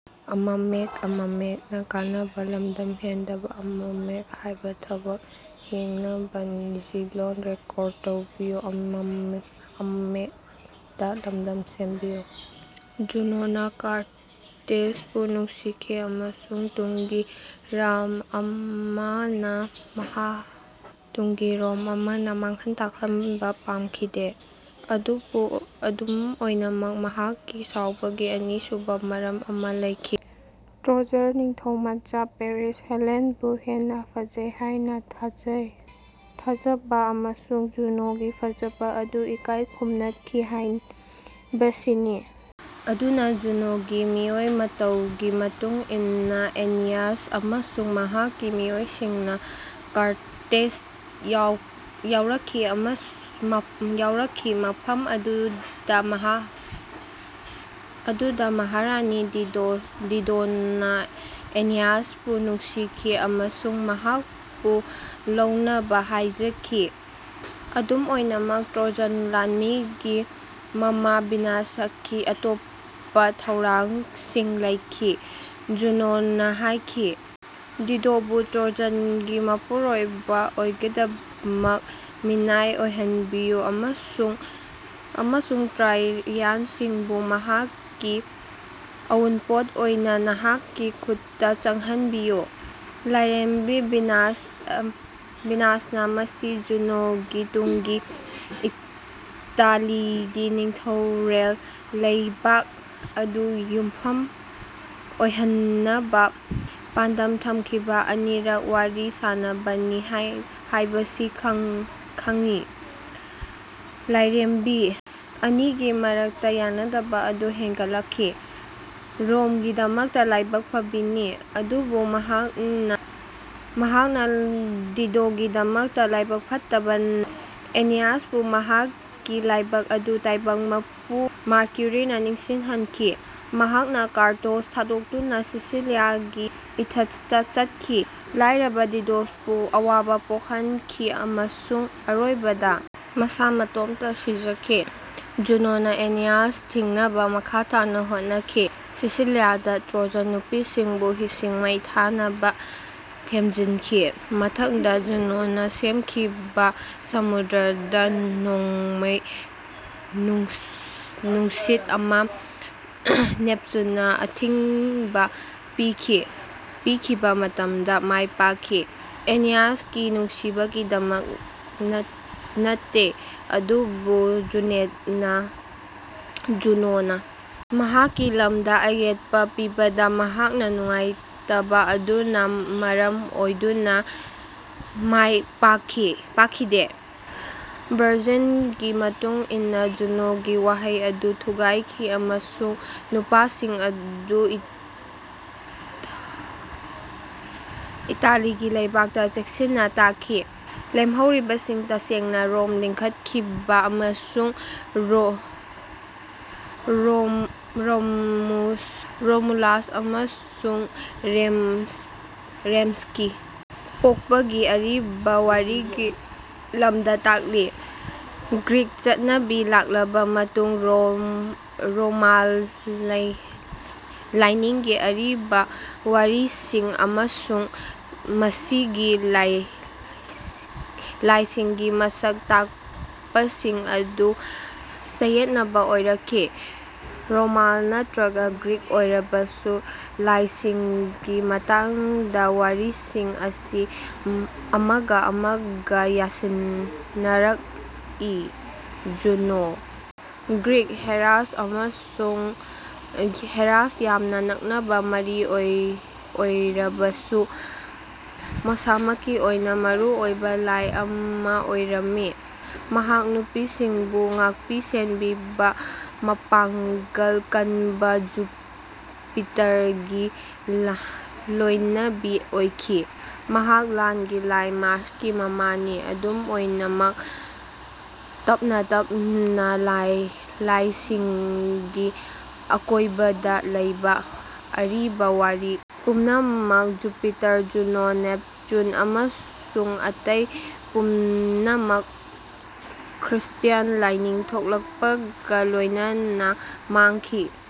ꯖꯨꯅꯣꯅ ꯀꯥꯔꯊꯦꯖꯕꯨ ꯅꯨꯡꯁꯤꯈꯤ ꯑꯃꯁꯨꯡ ꯇꯨꯡꯒꯤ ꯔꯣꯝ ꯑꯃꯅ ꯃꯥꯡꯍꯟ ꯇꯥꯛꯍꯟꯕ ꯄꯥꯝꯈꯤꯗꯦ꯫ ꯑꯗꯨꯝ ꯑꯣꯏꯅꯃꯛ, ꯃꯍꯥꯛꯀꯤ ꯁꯥꯎꯕꯒꯤ ꯑꯅꯤꯁꯨꯕ ꯃꯔꯝ ꯑꯃ ꯂꯩꯈꯤ: ꯇ꯭ꯔꯣꯖꯟ ꯅꯤꯡꯊꯧꯃꯆꯥ ꯄꯦꯔꯤꯁꯅ ꯍꯦꯂꯦꯟꯕꯨ ꯍꯦꯟꯅ ꯐꯖꯩ ꯍꯥꯏꯅ ꯊꯥꯖꯕ, ꯑꯃꯁꯨꯡ ꯖꯨꯅꯣꯒꯤ ꯐꯖꯕ ꯑꯗꯨ ꯏꯀꯥꯏ ꯈꯨꯝꯅꯈꯤ ꯍꯥꯏꯕꯁꯤꯅꯤ꯫ ꯑꯗꯨꯅ, ꯖꯨꯅꯣꯒꯤ ꯃꯑꯣꯡ ꯃꯇꯧꯒꯤ ꯃꯇꯨꯡ ꯏꯟꯅ ꯑꯦꯅꯤꯌꯥꯁ ꯑꯃꯁꯨꯡ ꯃꯍꯥꯛꯀꯤ ꯃꯤꯑꯣꯏꯁꯤꯡꯅ ꯀꯥꯔꯊꯦꯖ ꯌꯧꯔꯛꯈꯤ ꯃꯐꯝ ꯑꯗꯨꯗ ꯃꯍꯥꯔꯥꯅꯤ ꯗꯤꯗꯣꯅ ꯑꯦꯅꯤꯌꯥꯁꯄꯨ ꯅꯨꯡꯁꯤꯈꯤ ꯑꯃꯁꯨꯡ ꯃꯍꯥꯛꯄꯨ ꯂꯩꯅꯕ ꯍꯥꯏꯖꯈꯤ꯫ ꯑꯗꯨꯝ ꯑꯣꯏꯅꯃꯛ, ꯇ꯭ꯔꯣꯖꯟ ꯂꯥꯟꯃꯤꯒꯤ ꯃꯃꯥ ꯚꯤꯅꯁꯀꯤ ꯑꯇꯣꯞꯄ ꯊꯧꯔꯥꯡꯁꯤꯡ ꯂꯩꯈꯤ꯫ ꯖꯨꯅꯣꯅ ꯍꯥꯏꯈꯤ, ꯗꯤꯗꯣꯕꯨ ꯇ꯭ꯔꯣꯖꯟꯒꯤ ꯃꯄꯨꯔꯣꯏꯕ ꯑꯃꯒꯤꯗꯃꯛ ꯃꯤꯅꯥꯏ ꯑꯣꯏꯍꯟꯕꯤꯌꯨ, ꯑꯃꯁꯨꯡ ꯇꯥꯏꯔꯤꯌꯟꯁꯤꯡꯕꯨ ꯃꯍꯥꯛꯀꯤ ꯑꯎꯟꯄꯣꯠ ꯑꯣꯏꯅ ꯅꯍꯥꯛꯀꯤ ꯈꯨꯠꯇ ꯆꯪꯍꯟꯕꯤꯌꯨ꯫ ꯂꯥꯏꯔꯦꯝꯕꯤ ꯚꯤꯅꯁꯅ ꯃꯁꯤ ꯖꯨꯅꯣꯅ ꯇꯨꯡꯒꯤ ꯏꯇꯥꯂꯤꯒꯤ ꯅꯤꯡꯊꯧꯔꯦꯜ ꯂꯩꯕꯥꯛ ꯑꯗꯨ ꯌꯨꯝꯐꯝ ꯑꯣꯏꯍꯟꯅꯕ ꯄꯥꯟꯗꯝ ꯊꯝꯈꯤꯕ ꯑꯅꯤꯔꯛ ꯋꯥꯔꯤ ꯁꯥꯅꯕꯅꯤ ꯍꯥꯏꯕꯁꯤ ꯈꯪꯉꯤ꯫ ꯂꯥꯏꯔꯦꯝꯕꯤ ꯑꯅꯤꯒꯤ ꯃꯔꯛꯇ ꯌꯥꯅꯗꯕ ꯑꯗꯨ ꯍꯦꯟꯒꯠꯂꯛꯈꯤ꯫ ꯔꯣꯝꯒꯤꯗꯃꯛꯇ ꯂꯥꯏꯕꯛ ꯐꯕꯅꯤ, ꯑꯗꯨꯕꯨ ꯃꯍꯥꯔꯥꯅꯤ ꯗꯤꯗꯣꯒꯤꯗꯃꯛꯇ ꯂꯥꯏꯕꯛ ꯐꯠꯇꯕꯅ, ꯑꯦꯅꯤꯌꯥꯁꯄꯨ ꯃꯍꯥꯛꯀꯤ ꯂꯥꯏꯕꯛ ꯑꯗꯨ ꯇꯥꯏꯕꯪ ꯃꯄꯨ ꯃꯔꯀ꯭ꯌꯨꯔꯤꯅ ꯅꯤꯡꯁꯤꯡꯍꯟꯈꯤ꯫ ꯃꯍꯥꯛꯅ ꯀꯥꯔꯊꯦꯖ ꯊꯥꯗꯣꯛꯇꯨꯅ ꯁꯤꯁꯤꯂꯤꯒꯤ ꯏꯊꯠꯇ ꯆꯠꯈꯤ, ꯂꯥꯏꯔꯕ ꯗꯤꯗꯣꯕꯨ ꯑꯋꯥꯕ ꯄꯣꯛꯍꯟꯈꯤ ꯑꯃꯁꯨꯡ ꯑꯔꯣꯏꯕꯗ ꯃꯁꯥ ꯃꯇꯣꯝꯇ ꯁꯤꯖꯈꯤ꯫ ꯖꯨꯅꯣꯅ ꯑꯦꯅꯤꯌꯥꯁ ꯊꯤꯡꯅꯕ ꯃꯈꯥ ꯇꯥꯅ ꯍꯣꯠꯅꯈꯤ ꯁꯤꯁꯤꯂꯤꯗ ꯇ꯭ꯔꯣꯖꯟ ꯅꯨꯄꯤꯁꯤꯡꯕꯨ ꯍꯤꯁꯤꯡ ꯃꯩ ꯊꯥꯅꯕ ꯊꯦꯝꯖꯤꯟꯈꯤ꯫ ꯃꯊꯪꯗ, ꯖꯨꯅꯣꯅ ꯁꯦꯝꯈꯤꯕ ꯁꯃꯨꯗ꯭ꯔꯗ ꯅꯣꯡꯂꯩ-ꯅꯨꯡꯁꯤꯠ ꯑꯃ ꯅꯦꯞꯇꯨꯟꯅ ꯑꯊꯤꯡꯕ ꯄꯤꯈꯤꯕ ꯃꯇꯝꯗ ꯃꯥꯏ ꯄꯥꯛꯈꯤꯗꯦ, ꯑꯦꯅꯤꯌꯥꯁꯀꯤ ꯅꯨꯡꯁꯤꯕꯒꯤꯗꯃꯛ ꯅꯠꯇꯦ, ꯑꯗꯨꯕꯨ ꯖꯨꯅꯣꯅ ꯃꯍꯥꯛꯀꯤ ꯂꯝꯗ ꯑꯌꯦꯠꯄ ꯄꯤꯕꯗ ꯃꯍꯥꯛꯅ ꯅꯨꯡꯉꯥꯏꯇꯕ ꯑꯗꯨꯅ ꯃꯔꯝ ꯑꯣꯏꯗꯨꯅ ꯃꯥꯏ ꯄꯥꯛꯈꯤꯗꯦ꯫ ꯚꯔꯖꯤꯜꯒꯤ ꯃꯇꯨꯡ ꯏꯟꯅ, ꯖꯨꯅꯣꯒꯤ ꯋꯥꯍꯩ ꯑꯗꯨ ꯊꯨꯒꯥꯏꯈꯤ ꯑꯃꯁꯨꯡ ꯅꯨꯄꯥꯁꯤꯡ ꯑꯗꯨ ꯏꯇꯥꯂꯤꯒꯤ ꯂꯩꯕꯥꯛꯇ ꯆꯦꯛꯁꯤꯟꯅ ꯇꯥꯈꯤ꯫ ꯂꯦꯝꯍꯧꯔꯤꯕꯁꯤꯡ, ꯇꯁꯦꯡꯅ ꯔꯣꯝ ꯂꯤꯡꯈꯠꯈꯤꯕ ꯑꯃꯁꯨꯡ ꯔꯣꯃꯨꯂꯁ ꯑꯃꯁꯨꯡ ꯔꯦꯃꯁꯀꯤ ꯄꯣꯛꯄꯒꯤ ꯑꯔꯤꯕ ꯋꯥꯔꯤꯒꯤ ꯂꯝꯗ ꯇꯥꯏ꯫ ꯒ꯭ꯔꯤꯛ ꯆꯠꯅꯕꯤ ꯂꯥꯛꯂꯕ ꯃꯇꯨꯡꯗ ꯔꯣꯃꯥꯟ ꯂꯥꯏꯅꯤꯡꯒꯤ ꯑꯔꯤꯕ ꯋꯥꯔꯤꯁꯤꯡ ꯑꯃꯁꯨꯡ ꯃꯁꯤꯒꯤ ꯂꯥꯏꯁꯤꯡꯒꯤ ꯃꯁꯛ ꯇꯥꯛꯄꯁꯤꯡ ꯑꯗꯨ ꯆꯌꯦꯠꯅꯕ ꯑꯣꯏꯔꯛꯈꯤ꯫ ꯔꯣꯃꯥꯟ ꯅꯠꯇ꯭ꯔꯒ ꯒ꯭ꯔꯤꯛ ꯑꯣꯏꯔꯕꯁꯨ ꯂꯥꯏꯁꯤꯡꯒꯤ ꯃꯇꯥꯡꯗ ꯋꯥꯔꯤꯁꯤꯡ ꯑꯁꯤ ꯑꯃꯒ ꯑꯃꯒ ꯌꯥꯟꯁꯤꯟꯅꯔꯛꯏ꯫ ꯖꯨꯅꯣ, ꯒ꯭ꯔꯤꯛ ꯍꯦꯔꯥꯒ ꯌꯥꯝꯅ ꯅꯛꯅꯕ ꯃꯔꯤ ꯂꯩꯅꯔꯕꯁꯨ, ꯃꯁꯥꯃꯛꯀꯤ ꯑꯣꯏꯅ, ꯃꯔꯨꯑꯣꯏꯕ ꯂꯥꯏ ꯑꯃ ꯑꯣꯏꯔꯝꯃꯤ꯫ ꯃꯍꯥꯛ ꯅꯨꯄꯤꯁꯤꯡꯕꯨ ꯉꯥꯛꯄꯤ-ꯁꯦꯟꯕꯤꯕ, ꯃꯄꯥꯡꯒꯜ ꯀꯟꯕ ꯖꯨꯄꯤꯇꯔꯒꯤ ꯂꯣꯏꯅꯕꯤ ꯑꯣꯏꯈꯤ꯫ ꯃꯍꯥꯛ ꯂꯥꯟꯒꯤ ꯂꯥꯏ ꯃꯥꯔꯁꯀꯤ ꯃꯃꯥꯅꯤ꯫ ꯑꯗꯨꯝ ꯑꯣꯏꯅꯃꯛ, ꯇꯞꯅ-ꯇꯞꯅ, ꯂꯥꯏꯁꯤꯡꯒꯤ ꯑꯀꯣꯏꯕꯗ ꯂꯩꯕ ꯑꯔꯤꯕ ꯋꯥꯔꯤ ꯄꯨꯝꯅꯃꯛ ꯖꯨꯄꯤꯇꯔ, ꯖꯨꯅꯣ, ꯅꯦꯞꯇꯨꯟ ꯑꯃꯁꯨꯡ ꯑꯇꯩ ꯄꯨꯝꯅꯃꯛ ꯈ꯭ꯔꯤꯁꯇ꯭ꯌꯥꯟ ꯂꯥꯏꯅꯤꯡ ꯊꯣꯛꯂꯛꯄꯒ ꯂꯣꯏꯅꯅ ꯃꯥꯡꯈꯤ꯫